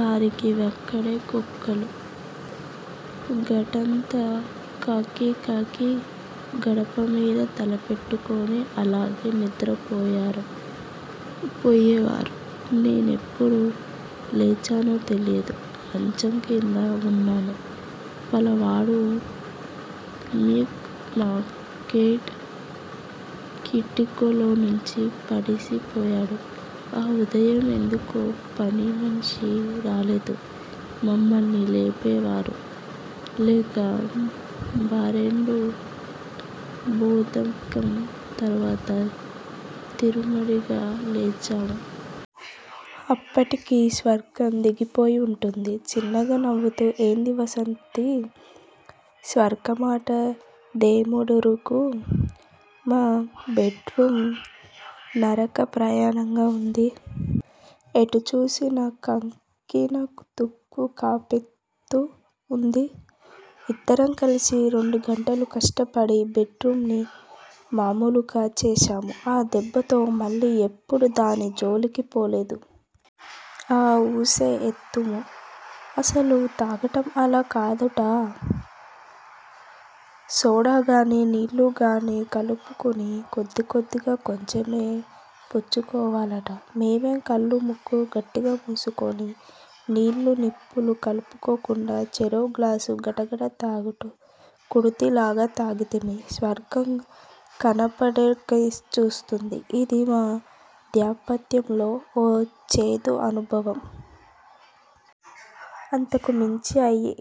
వారికి వకటే కక్కులు. గదంతా కక్కి కక్కి గడపమీద తలపెట్టుకుని అలాగే నిద్రపోయారు వారు. నేను ఎప్పుడు లేచానో తెలియదు. మంచంకింద వున్నాను. పాలవాడు మిల్క్ ప్యాకెట్ కిటికీలోంచి పడేసిపోయారు. ఆ ఉదయం ఎందుకో పనిమనిషి రాలేదు. మమ్మల్ని లేపేవారు లేక బారెడు పొద్దెక్కిం తరువాత తీరుబడిగా లేచాము. అప్పటికి స్వర్గం దిగిపోయి వుంటుంది చిన్నగా నవ్వుతూ అంది వాసంతి. స్వర్గంమాట దేముడెరుగు. మా బెడ్ రూమ్ నరకప్రాయం నామ్గా వుంది. ఎటు చూసినా కక్కిన తుక్కు కంపెత్తి వుంది. ఇద్దరం కలిసి రెండుగంటలు కష్టపడి బెడ్ రూంని మామూలుగా చేశాము. ఆ దెబ్బతో మళ్ళీ ఎప్పుడూ దాని జోలికి పోలేదు. ఆ ఊసే ఎత్తము. అసలు తాగటం అలా కాదుట సోడాగాని నీళ్ళుగాని కలుపుకుని కొద్దికొద్దిగా కొంచెమే పుచ్చుకోవాలిట. మేమేమో కళ్ళూ ముక్కూ గట్టిగా మూసుకుని నీళ్ళూ నిప్పులూ కలుపుకోకుండా చెరో గ్లాసు గటగట కుడితి లాగా తాగితిమి. స్వర్గం కనపడకేం చుస్తుంది. ఇది మా దాంపత్యంలో ఓ చేదు అనుభవం. అంతకుమించి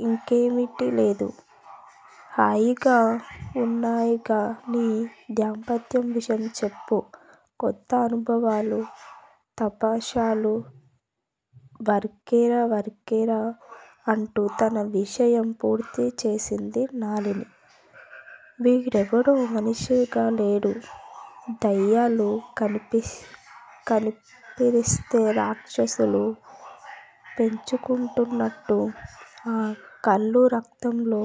యింకేమీ టి లేదు. హాయిగా వున్నా యిక నీ దాంపత్యం విషయం చెప్పు. కొత్త అనుభవాలు తమాషాలు వగైరా వగైరా అంటూ తన విషయం పూర్తి చేసింది నళిని. వీడెవడో మనిషిగా లేడు. దెయ్యాలు కని పిరేస్తే రాక్షసులు పెంచుకుంటున్నట్టున్నాడు. ఆ కళ్ళు రక్తంలో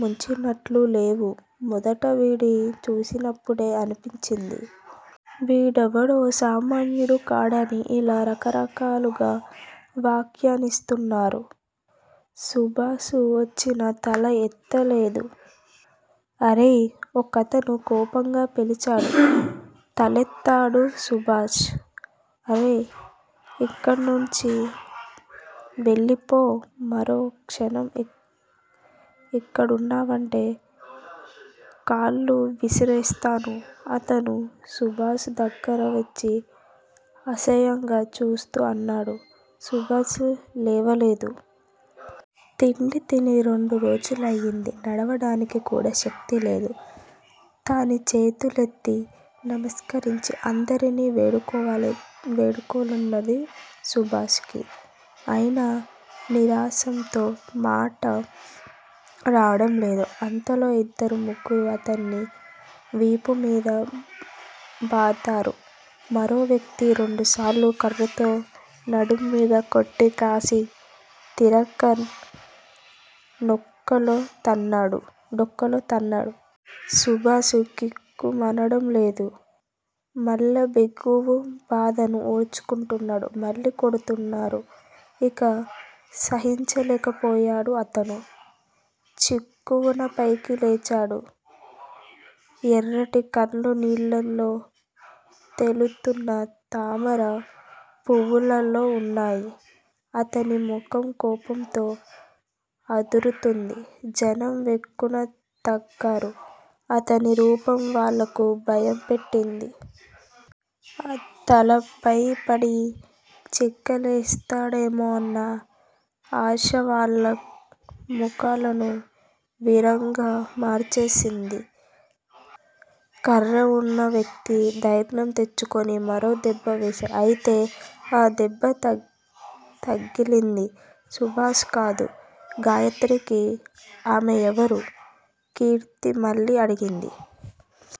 ముంచినట్టు లేవూ మొదట వీడ్ని చూసినప్పుడే అనిపించింది. వీడెవడో సామాన్యుడు కాడని ఇలా రకరకాలుగా వ్యాఖ్యానిస్తున్నారు. సుబాహు వంచిన తల ఎత్తలేదు. అరేయ్ ఒకతను కోపంగా పిలిచాడు. తలెత్తాడు సుబాహు. అర రేయ్. ఇక్కడ్నుంచి వెళ్ళిపో. మరో క్షణం ఇక్కడున్నావంటే కాళ్ళు వి సిచేస్తాను అతను సుబాహు దగ్గరగా వచ్చి అసహ్యంగా చూస్తూ అన్నాడు. సుబాషు లేవలేదు. తిండి తిని రెండు రోజులైంది. నడవడానికి కూడా శక్తి లేదు. అని చేతులెత్తి నమస్కరించి అందరినీ వేడుకోవాలనుంది సుబాహుకి. అయినా నీరసంతో మాట రావడం లేదు. అంతలో ఇద్దరు ముగ్గురు అతని వీపుమీద బాదారు. మరో వ్యక్తి రెండుసార్లు కర్రతో నడుంమీద కొట్టి, కసి తీరక డొక్కలో తన్నాడు. సుబాహు కిక్కురు మనడం లేదు. పళ్ళబిగువున బాధను ఓర్చుకుంటున్నాడు. మళ్ళీ కొడుతున్నారు. ఇక సహించలేకపోయాడు అతను. చివుక్కున పైకి లేచాడు. ఎర్రటి కళ్ళు నీళ్ళల్లో తేలుతున్న తామర పువ్వుల్లా వున్నాయి. అతని ముఖం కోపంతో అదురుతోంది. జనం వెనక్కు తగ్గారు. అతని రూపం వాళ్ళకు భయం పుట్టించింది. తమపై పడి చీల్చేస్తాడేమోనన్న శంక వాళ్ళ ముఖాలను వికారంగా మార్చింది. కర్రవున్న వ్యక్తి ధైర్యం తెచ్చుకుని మరో దెబ్బ వేశాడు. అయితే ఆ దెబ్బ తగిలింది సుబాహుకు కాదు, గాయత్రికి. ఆమెవరు? కీర్తి మళ్లీ అడిగింది.